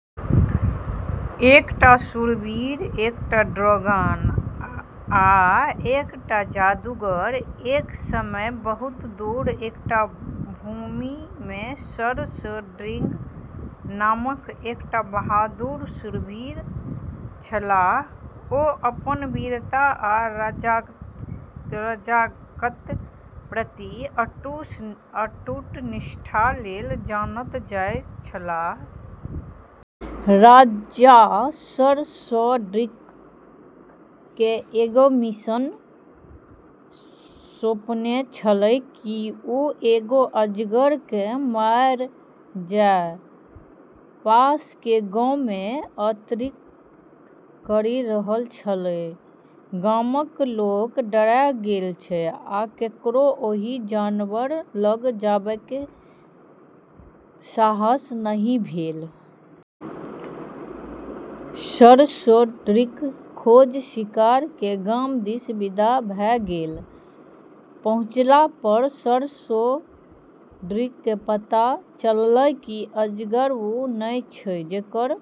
एकटा फंतासी कहानी उत्पन्न करू जाहि मे निम्नलिखित पात्र शामिल अछि: एकटा शूरवीर, एकटा ड्रैगन, आ एकटा जादूगर। एक समय बहुत दूर एकटा भूमि मे सर सेड्रिक नामक एकटा बहादुर शूरवीर छलाह। ओ अपन वीरता आ राजाक प्रति अटूट निष्ठा लेल जानल जाइत छलाह। राजा सर सेड्रिक क एगो मिशन सौंपने छेलै कि वू एगो अजगर क मार जे पास के गाँव मे आतंकित करी रहल छेलै। गामक लोक डरा गेल छल आ ककरो ओहि जानवर लग जेबाक साहस नहि भेल। सर सेड्रिक खोज स्वीकार क गाम दिस विदा भ गेलाह। पहुँचला पर सर सेड्रिक के पता चललै कि अजगर वू नै छै जेकर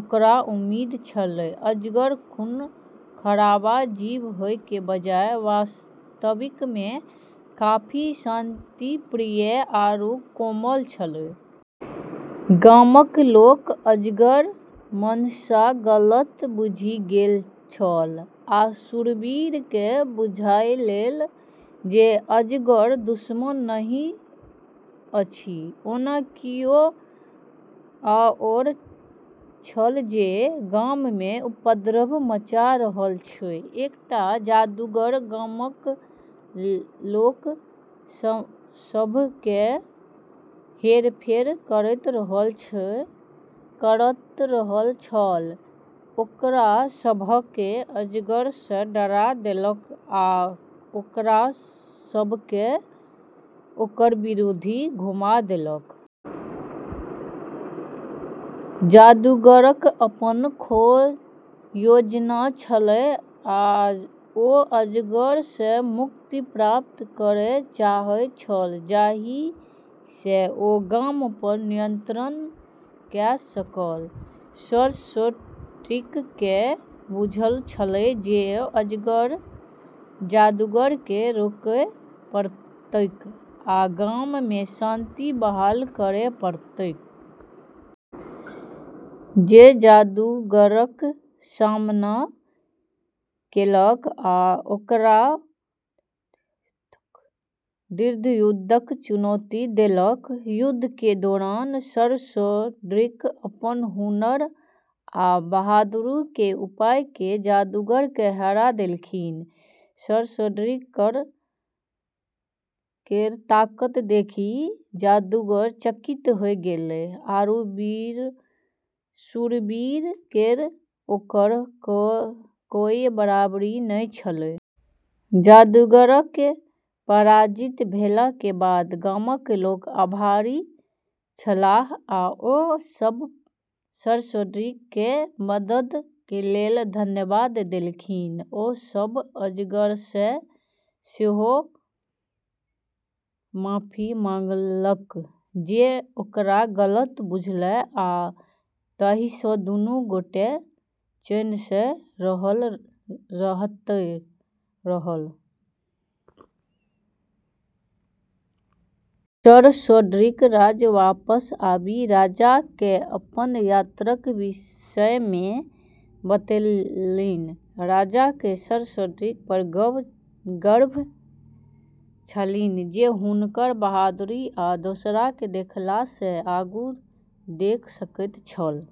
ओकरा उम्मीद छेलै। अजगर खूनखराबा जीव होय के बजाय वास्तव में काफी शांतिप्रिय आरू कोमल छेलै। गामक लोक अजगरक मंशा गलत बुझि गेल छल आ शूरवीर केँ बुझायल जे अजगर दुश्मन नहि अछि। ओना कियो आओर छल जे गाम मे उपद्रव मचा रहल छल। एकटा जादूगर गामक लोक सभकेँ हेरफेर करैत रहल छल, ओकरा सभकेँ अजगरसँ डरा देलक आ ओकरा सभकेँ ओकरा विरुद्ध घुमा देलक। जादूगरक अपन योजना छलैक आ ओ अजगर सँ मुक्ति प्राप्त करय चाहैत छल जाहि सँ ओ गाम पर नियंत्रण क सकय। सर सेड्रिक केँ बुझल छलैक जे ओकरा जादूगर केँ रोकय पड़तैक आ गाम मे शांति बहाल करय पड़तैक। ओ जादूगरक सामना केलक आ ओकरा द्वंद्वयुद्धक चुनौती देलक। युद्ध के दौरान सर सेड्रिक अपन हुनर आ बहादुरी के उपयोग क जादूगर के हरा देलखिन। सर सेड्रिक केर ताकत देखी जादूगर चकित होय गेलै आरू शूरवीर केर ओकर कोय बराबरी नै छेलै। जादूगर के पराजित भेला के बाद गामक लोक आभारी छलाह आ ओ सब सर सेड्रिक के मदद के लेल धन्यवाद देलखिन। ओ सभ अजगरसँ सेहो माफी मंगलक जे ओकरा गलत बुझल आ तहियासँ दुनू गोटे चैनसँ रहैत रहल। सर सेड्रिक राज्य वापस आबि राजा केँ अपन यात्राक विषय मे बतौलनि। राजा के सर सेड्रिक पर गर्व छलनि जे हुनकर बहादुरी आ दोसर के देखला स आगू देख सकैत छल।